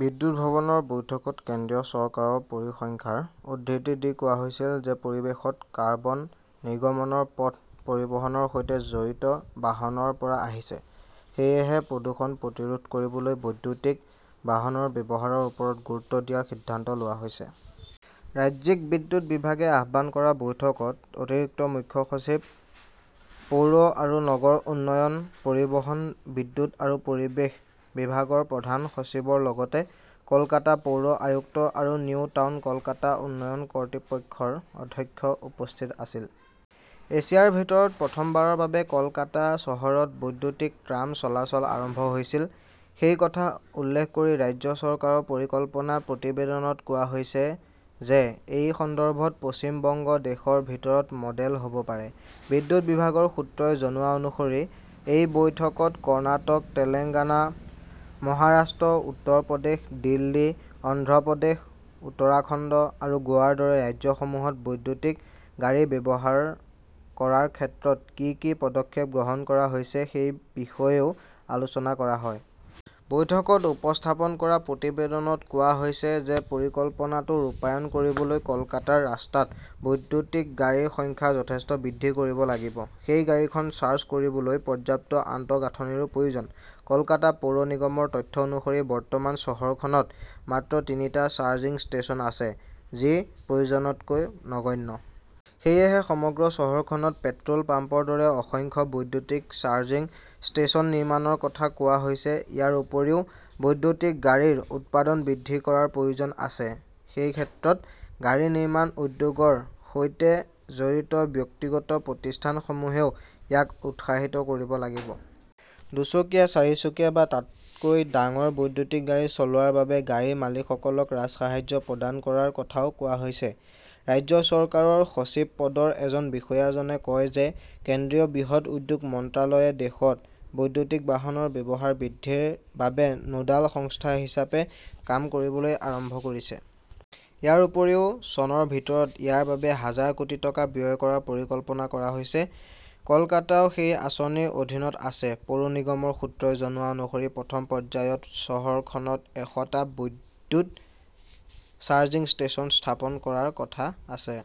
বিদ্যুৎ ভৱনৰ বৈঠকত কেন্দ্ৰীয় চৰকাৰৰ পৰিসংখ্যাৰ উদ্ধৃতি দি কোৱা হৈছিল যে পৰিৱেশত কাৰ্বন নিৰ্গমনৰ পথ পৰিবহণৰ সৈতে জড়িত বাহনৰ পৰা আহিছে। সেয়েহে প্ৰদূষণ প্ৰতিৰোধ কৰিবলৈ বৈদ্যুতিক বাহনৰ ব্যৱহাৰৰ ওপৰত গুৰুত্ব দিয়াৰ সিদ্ধান্ত লোৱা হৈছে। ৰাজ্যিক বিদ্যুৎ বিভাগে আহ্বান কৰা বৈঠকত অতিৰিক্ত মুখ্য সচিব, পৌৰ আৰু নগৰ উন্নয়ন, পৰিবহণ, বিদ্যুৎ আৰু পৰিৱেশ বিভাগৰ প্ৰধান সচিবৰ লগতে কলকাতা পৌৰ আয়ুক্ত আৰু নিউ টাউন কলকাতা উন্নয়ন কৰ্তৃপক্ষৰ অধ্যক্ষ উপস্থিত আছিল। এছিয়াৰ ভিতৰত প্ৰথমবাৰৰ বাবে কলকাতা চহৰত বৈদ্যুতিক ট্ৰাম চলাচল আৰম্ভ হৈছিল। সেই কথা উল্লেখ কৰি ৰাজ্য চৰকাৰৰ পৰিকল্পনা প্ৰতিবেদনত কোৱা হৈছে যে এই সন্দৰ্ভত পশ্চিম বংগ দেশৰ ভিতৰত 'মডেল হব পাৰে। বিদ্যুৎ বিভাগৰ সূত্ৰই জনোৱা অনুসৰি এই বৈঠকত কৰ্ণাটক, তেলেংগানা, মহাৰাষ্ট্ৰ, উত্তৰ প্ৰদেশ, দিল্লী, অন্ধ্ৰ প্ৰদেশ, উত্তৰাখণ্ড আৰু গোৱাৰ দৰে ৰাজ্যসমূহত বৈদ্যুতিক গাড়ী ব্যৱহাৰ কৰাৰ ক্ষেত্ৰত কি কি পদক্ষেপ গ্ৰহণ কৰা হৈছে সেই বিষয়েও আলোচনা কৰা হয়। বৈঠকত উপস্থাপন কৰা প্ৰতিবেদনত কোৱা হৈছে যে পৰিকল্পনাটো ৰূপায়ণ কৰিবলৈ কলকাতাৰ ৰাস্তাত বৈদ্যুতিক গাড়ীৰ সংখ্যা যথেষ্ট বৃদ্ধি কৰিব লাগিব। সেই গাড়ীখন চাৰ্জ কৰিবলৈ পৰ্যাপ্ত আন্তঃগাঁথনিৰো প্ৰয়োজন। কলকাতা পৌৰ নিগমৰ তথ্য অনুসৰি, বৰ্তমান চহৰখনত মাত্ৰ তিনিটা চাৰ্জিং ষ্টেচন আছে, যি প্ৰয়োজনতকৈ নগণ্য। সেয়েহে সমগ্ৰ চহৰখনত পেট্ৰল পাম্পৰ দৰে অসংখ্য বৈদ্যুতিক চাৰ্জিং ষ্টেচন নিৰ্মাণৰ কথা কোৱা হৈছে। ইয়াৰ উপৰিও বৈদ্যুতিক গাড়ীৰ উৎপাদন বৃদ্ধি কৰাৰ প্ৰয়োজন আছে। সেই ক্ষেত্ৰত, গাড়ী নিৰ্মাণ উদ্যোগৰ সৈতে জড়িত ব্যক্তিগত প্ৰতিষ্ঠানসমূহেও ইয়াক উৎসাহিত কৰিব লাগিব। দুচকীয়া, চাৰিচকীয়া বা তাতকৈ ডাঙৰ বৈদ্যুতিক গাড়ী চলোৱাৰ বাবে গাড়ীৰ মালিকসকলক ৰাজসাহায্য প্ৰদান কৰাৰ কথাও কোৱা হৈছে। ৰাজ্য চৰকাৰৰ সচিব পদৰ এজন বিষয়াজনে কয় যে কেন্দ্ৰীয় বৃহৎ উদ্যোগ মন্ত্ৰালয়ে দেশত বৈদ্যুতিক বাহনৰ ব্যৱহাৰ বৃদ্ধিৰ বাবে নোডাল সংস্থা হিচাপে কাম কৰিবলৈ আৰম্ভ কৰিছে। ইয়াৰ উপৰিও চনৰ ভিতৰত ইয়াৰ বাবে হাজাৰ কোটি টকা ব্যয় কৰাৰ পৰিকল্পনা কৰা হৈছে। কলকাতাও সেই আঁচনিৰ অধীনত আছে। পৌৰ নিগমৰ সূত্ৰই জনোৱা অনুসৰি প্ৰথম পৰ্যায়ত চহৰখনত এশ টা বিদ্যুৎ চাৰ্জিং ষ্টেচন স্থাপন কৰাৰ কথা আছে।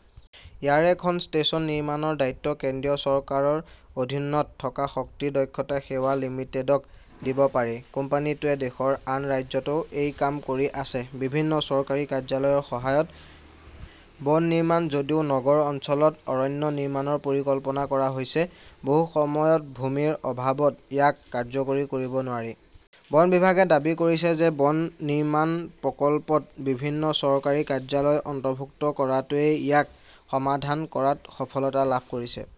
ইয়াৰে খন ষ্টেচন নিৰ্মাণৰ দায়িত্ব কেন্দ্ৰীয় চৰকাৰৰ অধীনত থকা শক্তি দক্ষতা সেৱা লিমিটেডক দিব পাৰি। কোম্পানীটোৱে দেশৰ আন ৰাজ্যতো এই কাম কৰি আছে। বিভিন্ন চৰকাৰী কাৰ্যালয়ৰ সহায়ত বন নিৰ্মাণ যদিও নগৰ অঞ্চলত অৰণ্য নিৰ্মাণৰ পৰিকল্পনা কৰা হৈছে, বহু সময়ত ভূমিৰ অভাৱত ইয়াক কাৰ্যকৰী কৰিব নোৱাৰি। বন বিভাগে দাবী কৰিছে যে বন নিৰ্মাণ প্ৰকল্পত বিভিন্ন চৰকাৰী কাৰ্যালয় অন্তৰ্ভুক্ত কৰাটোৱে ইয়াক সমাধান কৰাত সফলতা লাভ কৰিছে।